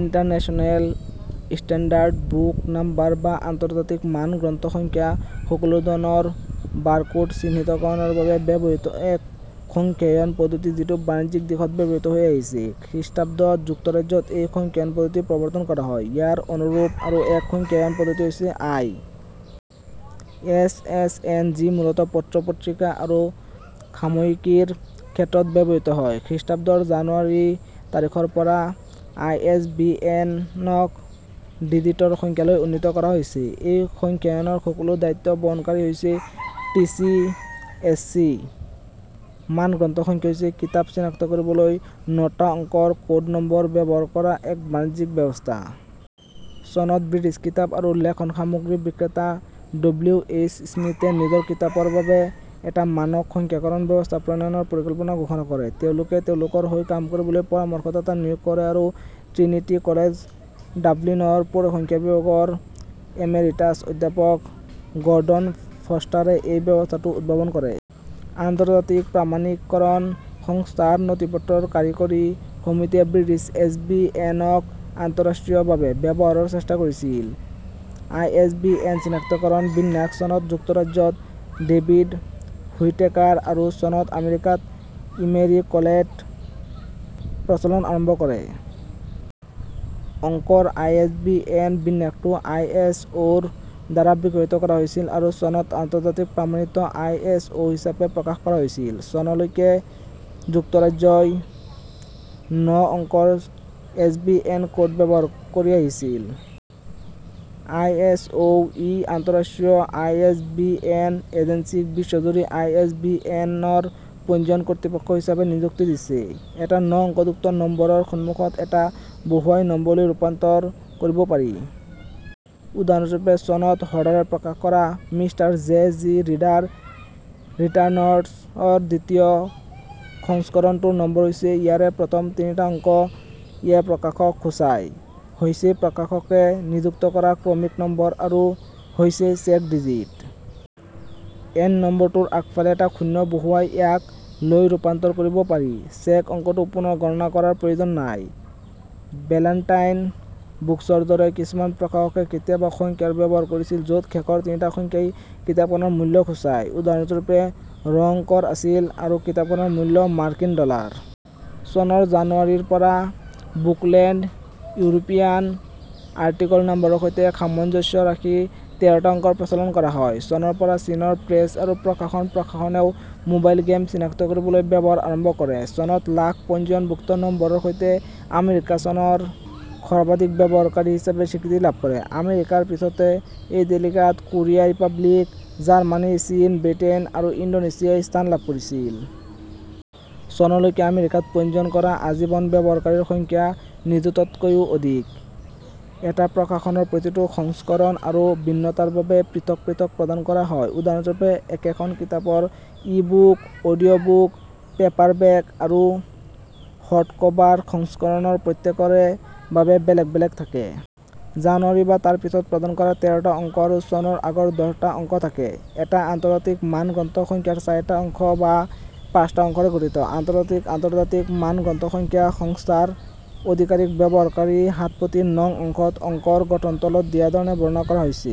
International standard book number বা আন্তৰ্জাতিক মান গ্ৰন্থ সংখ্যা সকলো ধৰনৰ বাৰকোড চিহ্নিতকৰণৰ বাবে ব্যৱহৃত এক সংখ্যায়ন পদ্ধতি যিটো বাণিজ্যিক দিশত ব্যৱহৃত হৈ আহিছে। খ্ৰীষ্টাব্দত যুক্তৰাজ্যত এই সংখ্যায়ন পদ্ধতি প্ৰৱৰ্তন কৰা হয়। ইয়াৰ অনুৰূপ আৰু এক সংখ্যায়ন পদ্ধতি হৈছে আই. এচ. এচ. এন. যি মূলতঃ পত্ৰ-পত্ৰিকা আৰু সাময়িকীৰ ক্ষেত্ৰত ব্যৱহৃত হয়। খ্ৰীষ্টাব্দৰ জানুৱাৰী তাৰিখৰ পৰা আই. এচ. বি. এনক -ডিজিটৰ সংখ্যালৈ উন্নীত কৰা হৈছে। এই সংখ্যায়নৰ সকলো দায়িত্ব বহনকাৰী হৈছে টিচি /এচচি। মান গ্ৰন্থ সংখ্যা হৈছে কিতাপ চিনাক্ত কৰিবলৈ নটা অংকৰ ক'ড নম্বৰ ব্যৱহাৰ কৰা এক বাণিজ্যিক ব্যৱস্থা। চনত ব্ৰিটিছ কিতাপ আৰু লেখন সামগ্ৰী বিক্ৰেতা ডব্লিউ. এইচ. স্মিথে নিজৰ কিতাপৰ বাবে এটা মানক সংখ্যাকৰণ ব্যৱস্থা প্ৰণয়নৰ পৰিকল্পনা ঘোষণা কৰে। তেওঁলোকে তেওঁলোকৰ হৈ কাম কৰিবলৈ পৰামৰ্শদাতা নিয়োগ কৰে আৰু ট্ৰিনিটি কলেজ ডাবলিনৰ পৰিসংখ্যা বিভাগৰ এমেৰিটাছ অধ্যাপক গৰ্ডন ফষ্টাৰে এই ব্যৱস্থাটো উদ্ভাৱন কৰে। আন্তৰ্জাতিক প্ৰামাণিককৰণ সংস্থা ৰ নথিপত্ৰৰ কাৰিকৰী সমিতিয়ে ব্ৰিটিছ এছ. বি. এন. ক আন্তঃৰাষ্ট্ৰীয়ভাবে ব্যৱহাৰৰ চেষ্টা কৰিছিল। আই. এছ. বি. এন. চিনাক্তকৰণ বিন্যাস চনত যুক্তৰাজ্যত ডেভিদ হুইটেকাৰ আৰু চনত আমেৰিকাত ইমেৰী কলটে প্ৰচলন আৰম্ভ কৰে। অংকৰ আই. এছ. বি. এন. বিন্যাসটো আই. এছ. অ'. ৰ দ্বাৰা বিকশিত কৰা হৈছিল আৰু চনত আন্তৰ্জাতিক প্ৰামাণিক আই. এছ. অ'. হিচাপে প্ৰকাশ কৰা হৈছিল। চনলৈকে যুক্তৰাজ্যই ন অংকৰ এছ. বি. এন. ক'ড ব্যৱহাৰ কৰি আহিছিল। আই. এছ. অ'. ই আন্তঃৰাষ্ট্ৰীয় আই. এছ. বি. এন. এজেন্সীক বিশ্বজুৰি আই. এছ. বি. এন. ৰ পঞ্জীয়ন কৰ্তৃপক্ষ হিচাপে নিযুক্তি দিছে৷ এটা ন অংকযুক্ত নম্বৰৰ সন্মুখত এটা "" বহুৱাই নম্বৰলৈ ৰূপান্তৰ কৰিব পাৰি। উদাহৰণস্বৰূপে, চনত হডাৰে প্ৰকাশ কৰা "মিষ্টাৰ জে. জি. ৰিডাৰ ৰিটাৰ্ণছ"ৰ দ্বিতীয় সংস্কৰণটোৰ নম্বৰ হৈছে "", ইয়াৰে প্ৰথম তিনিটা অংক "" য়ে প্ৰকাশকক সূচায়, "" হৈছে প্ৰকাশকে নিযুক্ত কৰা ক্ৰমিক নম্বৰ আৰু "" হৈছে চেক ডিজিট। এন নম্বৰটোৰ আগফালে এটা শূন্য বহুৱাই ইয়াক --- লৈ ৰূপান্তৰ কৰিব পাৰি; চেক অংকটো পুনৰ গণনা কৰাৰ প্ৰয়োজন নাই। "বেলান্টাইন বুকছ"ৰ দৰে কিছুমান প্ৰকাশকে কেতিয়াবা সংখ্যাৰ ব্যৱহাৰ কৰিছিল য'ত শেষৰ তিনিটা সংখ্যাই কিতাপখনৰ মূল্য সূচায়; উদাহৰণস্বৰূপে, " "ৰ অংকৰ আছিল --- আৰু কিতাপখনৰ মূল্য মাৰ্কিন ডলাৰ। চনৰ জানুৱাৰীৰ পৰা "বুকলেণ্ড" ইউৰোপীয়ান আৰ্টিকল নাম্বাৰৰ সৈতে সামঞ্জস্য ৰাখি তেৰটা অংকৰ প্ৰচলন কৰা হয়। চনৰ পৰা চীনৰ প্ৰেছ আৰু প্ৰকাশন প্ৰশাসনেও মোবাইল গেম চিনাক্ত কৰিবলৈ ব্যৱহাৰ আৰম্ভ কৰে। চনত লাখ পঞ্জীয়নভুক্ত নম্বৰৰ সৈতে আমেৰিকা চনৰ সৰ্বাধিক ব্যৱহাৰকাৰী হিচাপে স্বীকৃতি লাভ কৰে৷ আমেৰিকাৰ পিছতে এই তালিকাত কোৰিয়া ৰিপাব্লিক, জাৰ্মানী, চীন, ব্ৰিটেইন আৰু ইণ্ডোনেছিয়াই স্থান লাভ কৰিছিল। চনলৈকে আমেৰিকাত পঞ্জীয়ন কৰা আজীৱন ব্যৱহাৰকাৰীৰ সংখ্যা নিযুততকৈও অধিক। এটা প্ৰকাশনৰ প্ৰতিটো সংস্কৰণ আৰু ভিন্নতাৰ বাবে পৃথক পৃথক প্ৰদান কৰা হয়। উদাহৰণস্বৰূপে, একেখন কিতাপৰ ই-বুক, অডিঅ'বুক, পেপাৰবেক আৰু হাৰ্ডকভাৰ সংস্কৰণৰ প্ৰত্যেকৰে বাবে বেলেগ বেলেগ থাকে। জানুৱাৰী বা তাৰ পিছত প্ৰদান কৰা তেৰটা অংক আৰু চনৰ আগৰ দহটা অংক থাকে। এটা আন্তৰ্জাতিক মান গ্ৰন্থ সংখ্যাৰ চাৰিটা অংশ বা পাঁচটা অংশৰে গঠিত। আন্তৰ্জাতিক আন্তৰ্জাতিক মান গ্ৰন্থ সংখ্যা সংস্থাৰ আধিকাৰীক ব্যৱহাৰকাৰী হাতপুথিৰ নং অংশত অংকৰ গঠন তলত দিয়া ধৰণে বৰ্ণনা কৰা হৈছে:।